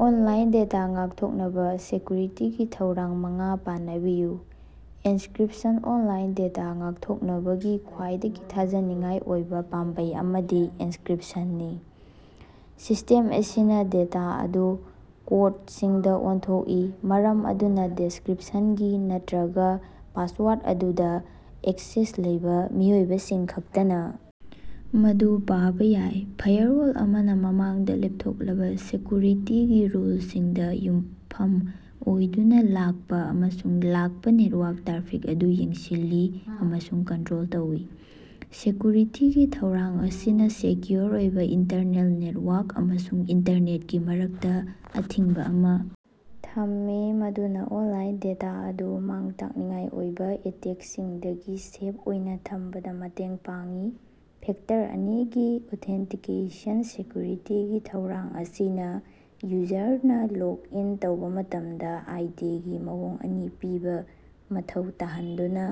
Online data ꯉꯥꯛꯊꯣꯛꯅꯕ ꯁꯦꯀꯌꯨꯔꯤꯇꯤꯒꯤ ꯊꯧꯔꯥꯡ ꯃꯉꯥ ꯄꯅꯕꯤꯌꯨ꯫ ꯑꯦꯟꯀꯔꯤꯞꯁꯟ ꯑꯣꯟꯂꯥꯏꯟ ꯗꯦꯇꯥ ꯉꯥꯛꯊꯣꯛꯅꯕꯒꯤ ꯈ꯭ꯋꯥꯏꯗꯒꯤ ꯊꯥꯖꯅꯤꯡꯉꯥꯏ ꯑꯣꯏꯕ ꯄꯥꯝꯕꯩ ꯑꯃꯗꯤ ꯑꯦꯟꯀꯔꯤꯞꯁꯟꯅꯤ꯫ ꯁꯤꯁꯇꯦꯝ ꯑꯁꯤꯅ ꯗꯦꯇꯥ ꯑꯗꯨ ꯀꯣꯠꯁꯤꯡꯗ ꯑꯣꯟꯊꯣꯛꯏ ꯃꯔꯝ ꯑꯗꯨꯅ ꯗꯤꯁꯀꯔꯤꯞꯁꯟ ꯀꯤ ꯅꯠꯇ꯭ꯔꯒ ꯄꯥꯁꯋꯥꯔꯠ ꯑꯗꯨꯗ ꯑꯦꯛꯁꯦꯁ ꯂꯩꯕ ꯃꯤꯑꯣꯏꯁꯤꯡꯈꯛꯇꯅ ꯃꯗꯨ ꯄꯥꯕ ꯌꯥꯏ꯫ ꯐꯥꯏꯔꯋꯥꯜ ꯑꯃꯅ ꯃꯃꯥꯡꯗ ꯂꯦꯞꯊꯣꯛꯂꯕ ꯁꯦꯀꯌꯨꯔꯤꯇꯤ ꯔꯨꯜꯁꯤꯡꯗ ꯌꯨꯝꯐꯝ ꯑꯣꯏꯗꯨꯅ ꯂꯥꯛꯄ ꯑꯃꯁꯨꯡ ꯂꯥꯛꯄ ꯅꯦꯠꯋꯥꯛ ꯇ꯭ꯔꯥꯐꯤꯛ ꯑꯗꯨ ꯌꯦꯡꯁꯤꯜꯂꯤ ꯑꯃꯁꯨꯡ ꯀꯟꯇꯔꯣꯜ ꯇꯧꯏ꯫ ꯁꯦꯀꯌꯨꯔꯤꯇꯤꯒꯤ ꯊꯧꯔꯥꯡ ꯑꯁꯤꯅ ꯁꯦꯀꯌꯨꯑꯣꯔ ꯑꯣꯏꯕ ꯏꯟꯇꯔꯅꯦꯜ ꯅꯦꯠꯋꯥꯛ ꯑꯃꯁꯨꯡ ꯏꯟꯇꯔꯅꯦꯠꯀꯤ ꯃꯔꯛꯇ ꯑꯊꯤꯡꯕ ꯑꯃ ꯊꯝꯃꯤ ꯃꯗꯨꯅ ꯑꯣꯟꯂꯥꯏꯟ ꯗꯦꯇꯥ ꯑꯗꯨ ꯃꯥꯡ ꯇꯥꯛꯅꯤꯡꯉꯥꯏ ꯑꯣꯏꯕ ꯑꯦꯇꯦꯛꯁꯤꯡꯗꯒꯤ ꯁꯦꯞ ꯑꯣꯏꯅ ꯊꯝꯕꯗ ꯃꯇꯦꯡ ꯄꯥꯡꯏ꯫ ꯐꯦꯛꯇꯔ ꯑꯅꯤꯒꯤ ꯑꯣꯊꯦꯟꯇꯤꯀꯦꯁꯟ ꯁꯦꯀꯌꯨꯔꯤꯇꯤꯒꯤ ꯊꯧꯔꯥꯡ ꯑꯁꯤꯅ ꯌꯨꯖꯔꯁꯤꯡꯅ ꯂꯣꯒ ꯏꯟ ꯇꯧꯕ ꯃꯇꯝꯗ ꯑꯥꯏ ꯗꯤ ꯒꯤ ꯃꯑꯣꯡ ꯑꯅꯤ ꯄꯤꯕ ꯃꯊꯧ ꯇꯥꯍꯟꯗꯨꯅ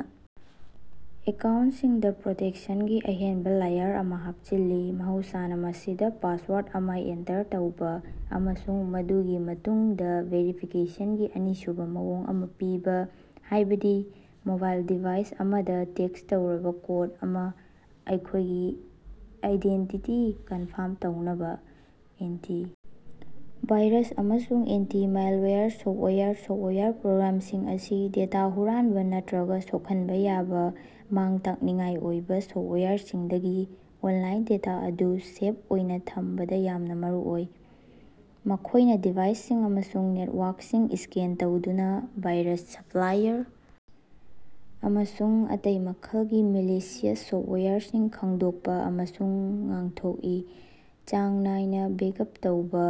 ꯑꯦꯀꯥꯎꯟꯁꯤꯡꯗ ꯄ꯭ꯔꯣꯇꯦꯛꯁꯟꯒꯤ ꯑꯍꯦꯟꯕ ꯂꯦꯌꯔ ꯑꯃ ꯍꯥꯞꯆꯤꯜꯂꯤ ꯃꯍꯧꯁꯥꯅ ꯃꯁꯤꯗ ꯄꯥꯁꯋꯥꯔꯠ ꯑꯃ ꯑꯦꯟꯇꯔ ꯇꯧꯕ ꯑꯃꯁꯨꯡ ꯃꯗꯨꯒꯤ ꯃꯇꯨꯡꯗ ꯚꯦꯔꯤꯐꯤꯀꯦꯁꯟꯒꯤ ꯑꯅꯤꯁꯨꯕ ꯃꯑꯣꯡ ꯑꯃ ꯄꯤꯕ ꯍꯥꯏꯕꯗꯤ ꯃꯣꯕꯥꯏꯜ ꯗꯤꯚꯥꯏꯁ ꯑꯃꯗ ꯇꯦꯛꯁ ꯇꯧꯔꯕ ꯀꯣꯠ ꯑꯃ ꯃꯈꯣꯏꯒꯤ ꯑꯥꯏꯗꯦꯟꯇꯤꯇꯤ ꯀꯟꯐꯥꯝ ꯇꯧꯅꯕ꯫ ꯑꯦꯟꯇꯤ ꯚꯥꯏꯔꯁ ꯑꯃꯁꯨꯡ ꯑꯦꯟꯇꯤ ꯃꯥꯜꯋꯥꯌꯔ ꯁꯣꯞꯋꯦꯌꯔ ꯁꯣꯞꯋꯦꯌꯔ ꯄ꯭ꯔꯣꯒꯔꯥꯝꯁꯤꯡ ꯑꯁꯤ ꯗꯦꯇꯥ ꯍꯨꯔꯥꯟꯕ ꯅꯠꯇ꯭ꯔꯒ ꯁꯣꯛꯍꯟꯕ ꯌꯥꯕ ꯃꯥꯡ ꯇꯥꯛꯅꯤꯡꯉꯥꯏ ꯑꯣꯏꯕ ꯁꯣꯞꯋꯦꯌꯔꯁꯤꯡꯗꯒꯤ ꯑꯣꯟꯂꯥꯏꯟ ꯗꯦꯇꯥ ꯑꯗꯨ ꯁꯦꯞ ꯑꯣꯏꯅ ꯊꯝꯕꯗ ꯌꯥꯝꯅ ꯃꯔꯨꯑꯣꯏ꯫ ꯃꯈꯣꯏꯅ ꯗꯤꯚꯥꯏꯁꯁꯤꯡ ꯑꯃꯁꯨꯡ ꯅꯦꯠꯋꯥꯛꯁꯤꯡ ꯁ꯭ꯀꯦꯟ ꯇꯧꯗꯨꯅ ꯚꯥꯏꯔꯁ ꯁꯄꯥꯏꯋꯦꯔ ꯑꯃꯁꯨꯡ ꯑꯇꯩ ꯃꯈꯜꯒꯤ ꯃꯦꯂꯤꯁꯤꯌꯁ ꯁꯣꯞꯋꯦꯌꯔꯁꯤꯡ ꯈꯪꯗꯣꯛꯄ ꯑꯃꯁꯨꯡ ꯉꯥꯛꯊꯣꯛꯏ꯫ ꯆꯥꯡ ꯅꯥꯏꯅ ꯕꯦꯛꯑꯞ ꯇꯧꯕ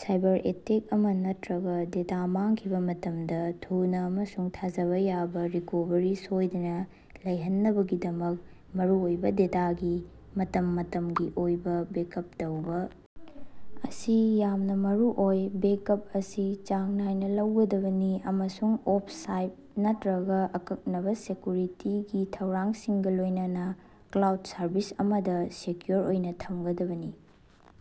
ꯁꯥꯏꯕꯔ ꯑꯦꯇꯦꯛ ꯑꯃ ꯅꯠꯇ꯭ꯔꯒ ꯗꯦꯇꯥ ꯃꯥꯡꯈꯤꯕ ꯃꯇꯝꯗ ꯊꯨꯅꯥ ꯑꯃꯁꯨꯡ ꯊꯥꯖꯕ ꯌꯥꯕ ꯔꯤꯀꯣꯚꯔꯤ ꯁꯣꯏꯗꯅ ꯂꯩꯍꯟꯅꯕꯒꯤꯗꯃꯛ ꯃꯔꯨꯑꯣꯏꯕ ꯗꯦꯇꯥꯒꯤ ꯃꯇꯝ ꯃꯇꯝꯒꯤ ꯑꯣꯏꯅ ꯕꯦꯛꯑꯞ ꯇꯧꯕ ꯑꯁꯤ ꯌꯥꯝꯅ ꯃꯔꯨꯑꯣꯏ꯫ ꯕꯦꯛꯑꯞꯁꯤꯡ ꯑꯁꯤ ꯆꯥꯡ ꯅꯥꯏꯅ ꯂꯧꯒꯗꯕꯅꯤ ꯑꯃꯁꯨꯡ ꯑꯣꯐ ꯁꯥꯏꯠ ꯅꯠꯇ꯭ꯔꯒ ꯑꯀꯛꯅꯕ ꯁꯦꯛꯌꯨꯔꯤꯇꯤꯒꯤ ꯊꯧꯔꯥꯡꯁꯤꯡꯒ ꯂꯣꯏꯅꯅ ꯀ꯭ꯂꯥꯎꯗ ꯁꯔꯚꯤꯁ ꯑꯃꯗ ꯁꯦꯛꯌꯨꯑꯣꯔ ꯑꯣꯏꯅ ꯊꯝꯒꯗꯕꯅꯤ꯫